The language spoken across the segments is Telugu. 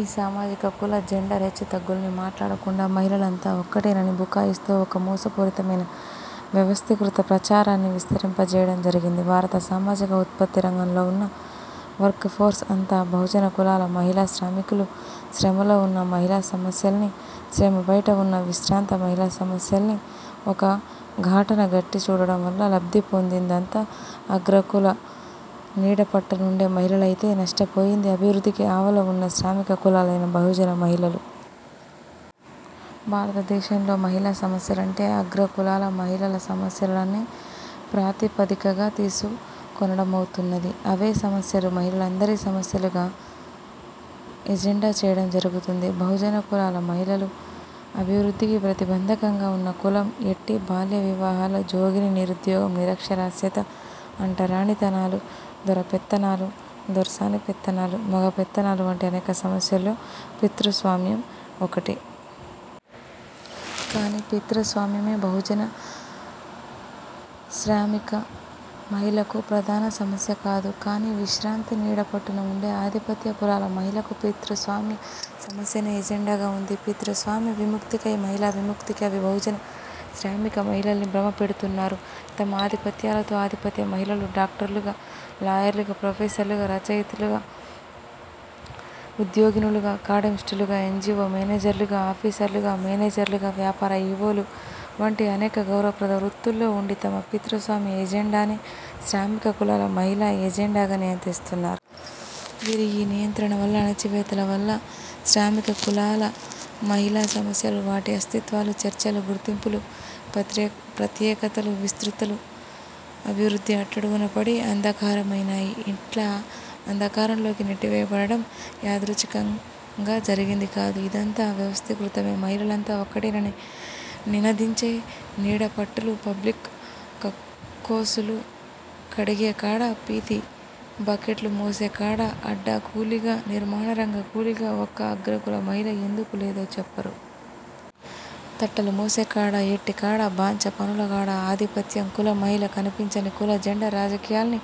ఈ సామాజిక కుల జెండర్ హెచ్చుతగ్గుల్ని మాట్లాడకుండా, మహిళలంతా ఒక్కటేనని బుకాయిస్తూ ఒక మోసపూరితమైన వ్యవస్థీకృత ప్రచారాన్ని విస్తరింప జేయడం జరిగింది. భారత సామాజిక ఉత్పత్తి రంగంలో వున్న వర్క్ ఫోర్స్ అంతా బహుజన కులాల మహిళా శ్రామికులు. శ్రమలో వున్న మహిళా సమస్యల్ని, శ్రమ బైట వున్న విశ్రాంత మహిళా సమస్యల్ని ఒక గాటన గట్టి చూడడం వల్ల లబ్ధి పొందిందంతా అగ్రకుల నీడ పట్టునుండే మహిళలైతే, నష్టపోయింది అభివృద్ధికి ఆవల వున్న శ్రామిక కులాలైన బహుజన మహిళలు. భారతదేశంలో మహిళా సమస్యలంటే అగ్రకులాల మహిళల సమస్యలనే ప్రాతిపదికగా తీసుకొనడమైతున్నది, అవే సమస్యలు మహిళలందరి సమస్యలుగా ఎజెండా చేయడం జరుగుతుంది. బహుజన కులాల మహిళల అభివృద్ధికి ప్రతిబంధకంగా వున్న కులం, యెట్టి, బాల్య వివాహాలు, జోగినీ, నిరుద్యోగం, నిరక్షరాస్యత, అంటరానితనాలు, దొరపెత్తనాలు, దొర్సాని పెత్తనాలు, మగ పెత్తనాలు వంటి అనేక సమస్యల్లో పితృస్వామ్యం ఒకటి. కానీ పితృస్వామ్యమే బహుజన శ్రామిక మహిళకు ప్రధాన సమస్య కాదు. కానీ విశ్రాంతి నీడ పట్టున వుండే ఆధిపత్య కులాల మహిళకు పితృస్వామ్య సమస్యనే ఎజెండాగా వుంది. పితృస్వామ్య విముక్తే మహిళా విముక్తి అని బహుజన శ్రామిక మహిళల్ని భ్రమ పెడుతున్నారు తమ ఆధిపత్యాలతో. ఆధిపత్య మహిళలు డాక్టర్లుగా, లాయర్లుగా, ప్రొఫెసర్లుగా, రచయిత్రులుగా, ఉద్యోగినులుగా అకాడమిస్టులుగా, ఎన్జీవో మేనేజర్లుగా, ఆఫీసర్లుగా, మేనేజర్లుగా, వ్యాపార ఈవోలు వంటి అనేక గౌరవప్రద వృత్తుల్లో వుండి తమ పితృస్వామ్య ఎజెండానే శ్రామిక కులాల మహిళా ఎజెండాగా నియంత్రిస్తున్నారు. వీరి ఈ నియంత్రణ వల్ల అణచివేతల వల్ల శ్రామిక కులాల మహిళా సమస్యలు వాటి అస్తిత్వాలు, చర్చలు, గుర్తింపులు, ప్రత్యేకతలు, విస్తృతులు అభివృద్ధి అట్టడుగున పడిన అంధకారమైనాయి. ఇట్లా అంధకారంలోకి నెట్టివేయబడడం యాదృచ్ఛికంగా జరిగింది కాదు, యిదంతా వ్యవస్థీకృతమే. మహిళలంతా ఒక్కటేనని నినదించే నీడపట్టులు– పబ్లిక్ కక్కోసులు కడిగే కాడ, పీతి బకెట్లు మోసే కాడ, అడ్డా కూలీగా, నిర్మాణరంగ కూలీగా ఒక్క అగ్రకుల మహిళ ఎందుకు లేదో చెప్పరు. తట్టలు మోసే కాడ, యెట్టి కాడ, బాంచ పనుల కాడ ఆధిపత్య కులం మహిళ కనిపించని కుల జెండర్ రాజకీయాల్ని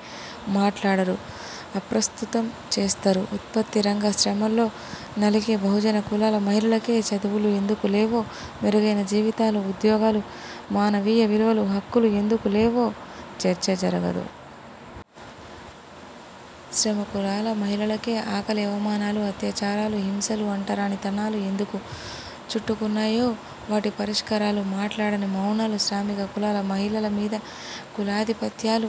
మాట్లాడరు, అప్రస్తుతం చేస్తరు. ఉత్పత్తి రంగ శ్రమల్లో నలిగే బహుజన కులాల మహిళలకే చదువులు ఎందుకు లేవో, మెరుగైన జీవితాలు, ఉద్యోగాలు, మానవీయ విలువలు, హక్కులు ఎందుకులేవో చర్చ జరగదు. శ్రమకులాల మహిళలకే ఆకలి, అవమానాలు, అత్యాచారాలు, హింసలు, అంటరానితనాలు ఎందుకు చుట్టుకున్నాయో వాటి పరిష్కారాలు మాట్లాడని మౌనాలు. శ్రామిక కులాల మహిళల మీద కులాధిపత్యాలు,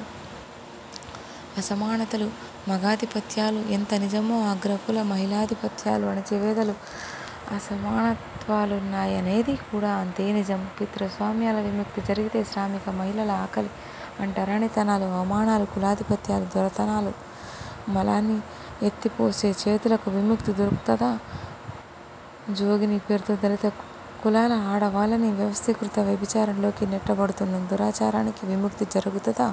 అసమానతలు, మగాధిపత్యాలు ఎంత నిజమో, అగ్రకుల మహిళాధిపత్యాలు, అణచివేతలు, అసమానత్వాలున్నాయనేది కూడా అంతే నిజం. పితృస్వామ్యాల విముక్తి జరిగితే శ్రామిక మహిళల ఆకలి, అంటరానితనాలు, అవమానాలు, కులాధిపత్యాలు, దొరతనాలు, మలాన్ని ఎత్తిపోసే చేతులకు విముక్తి దొర్కుతదా, జోగినీ పేరుతో దళిత కులాల ఆడవాళ్లని వ్యవస్థీకృత వ్యభిచారంలోకి నెట్టబడుతున్న దురాచారానికి విముక్తి జరుగుతదా!